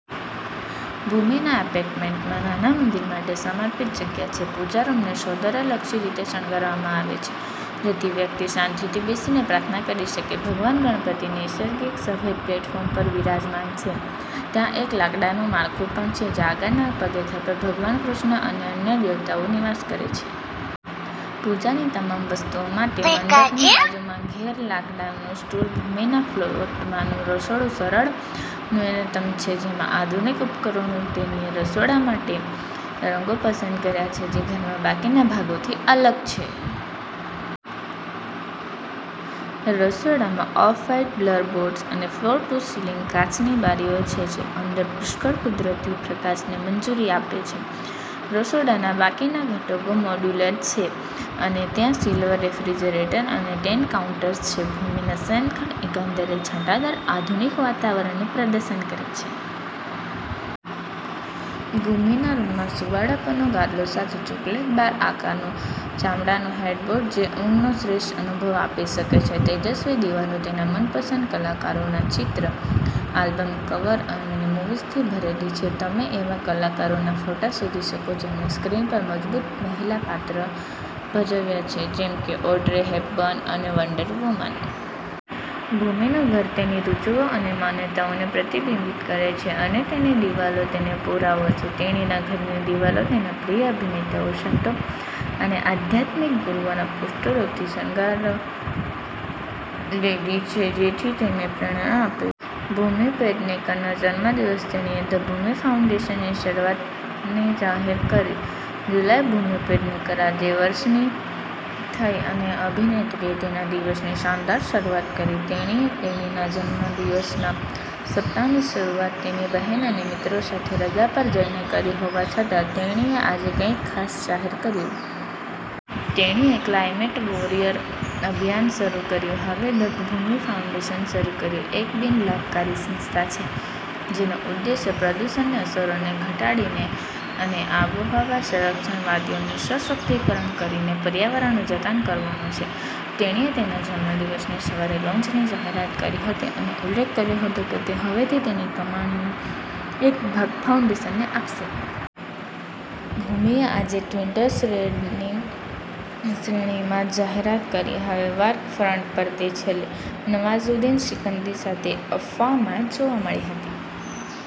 ભૂમિના એપાર્ટમેન્ટમાં નાના મંદિર માટે સમર્પિત જગ્યા છે. પૂજા રૂમને સૌંદર્યલક્ષી રીતે શણગારવામાં આવે છે જેથી વ્યક્તિ શાંતિથી બેસીને પ્રાર્થના કરી શકે. ભગવાન ગણપતિ નૈસર્ગિક સફેદ પ્લેટફોર્મ પર બિરાજમાન છે. ત્યાં એક લાકડાનું માળખું પણ છે જ્યાં આગળના પગથિયાં પર ભગવાન કૃષ્ણ અને અન્ય દેવતાઓ નિવાસ કરે છે. પૂજાની તમામ વસ્તુઓ માટે મંડપની બાજુમાં ઘેરા લાકડાનું સ્ટૂલ છે. ભૂમિના ફ્લેટમાંનું રસોડું સરળ અને ન્યૂનતમ છે જેમાં આધુનિક ઉપકરણો છે. તેણીએ રસોડા માટે તટસ્થ રંગો પસંદ કર્યા છે જે ઘરના બાકીના ભાગોથી અલગ છે. રસોડામાં ઑફ-વ્હાઇટ ફ્લોર બોર્ડ્સ અને ફ્લોર-ટુ-સીલિંગ કાચની બારીઓ છે જે અંદર પુષ્કળ કુદરતી પ્રકાશને મંજૂરી આપે છે. રસોડાના બાકીના ઘટકો મોડ્યુલર છે અને ત્યાં સિલ્વર રેફ્રિજરેટર અને ટેન કાઉન્ટર્સ છે. ભૂમિના શયનખંડ એકંદરે છટાદાર, આધુનિક વાતાવરણનું પ્રદર્શન કરે છે. ભૂમિના રૂમમાં સુંવાળપનો ગાદલા સાથે ચોકલેટ બાર આકારનું ચામડાનું હેડબોર્ડ છે જે ઊંઘનો શ્રેષ્ઠ અનુભવ આપી શકે છે. તેજસ્વી દિવાલો તેના મનપસંદ કલાકારોના ચિત્રો, આલ્બમ કવર અને મૂવીઝથી ભરેલી છે. તમે એવા કલાકારોના ફોટા શોધી શકો છો જેમણે સ્ક્રીન પર મજબૂત મહિલા પાત્રો ભજવ્યા છે જેમ કે ઑડ્રે હેપબર્ન અને વન્ડર વુમન. ભૂમિનું ઘર તેની રુચિઓ અને માન્યતાઓને પ્રતિબિંબિત કરે છે અને તેની દિવાલો તેનો પુરાવો છે. તેણીના ઘરની દિવાલો તેના પ્રિય અભિનેતાઓ, સંતો અને આધ્યાત્મિક ગુરુઓના પોસ્ટરોથી શણગારેલી છે જે તેને પ્રેરણા આપે છે. ભૂમિ પેડનેકરનો જન્મદિવસ તેણીએ "ધ ભૂમિ ફાઉન્ડેશન" ની શરૂઆતની જાહેરાત કરી. જુલાઈ ભૂમિ પેડનેકર આજે વર્ષની થઈ અને અભિનેત્રીએ તેના દિવસની શાનદાર શરૂઆત કરી. તેણીએ તેણીના જન્મદિવસના સપ્તાહની શરૂઆત તેની બહેન અને મિત્રો સાથે રજા પર જઈને કરી હોવા છતાં, તેણીએ આજે કંઈક ખાસ જાહેર કર્યું. તેણીએ ક્લાઇમેટ વોરિયર અભિયાન શરૂ કર્યું અને હવે "ધ ભૂમિ ફાઉન્ડેશન" શરૂ કર્યું છે. એક બિન-લાભકારી સંસ્થા છે જેનો ઉદ્દેશ્ય પ્રદૂષણની અસરોને ઘટાડીને અને આબોહવા સંરક્ષણવાદીઓને સશક્તિકરણ કરીને પર્યાવરણનું જતન કરવાનો છે. તેણીએ તેના જન્મદિવસની સવારેલોન્ચની જાહેરાત કરી હતી અને ઉલ્લેખ કર્યો હતો કે તે હવેથી તેની કમાણીનો એક ભાગ ફાઉન્ડેશનને આપશે. ભૂમિએ આજે ટ્વિટર થ્રેડની શ્રેણીમાં જાહેરાત કરી હતી. વર્ક ફ્રન્ટ પર તે છેલ્લે નવાઝુદ્દીન સિદ્દીકી સાથે "અફવાહ" માં જોવા મળી હતી.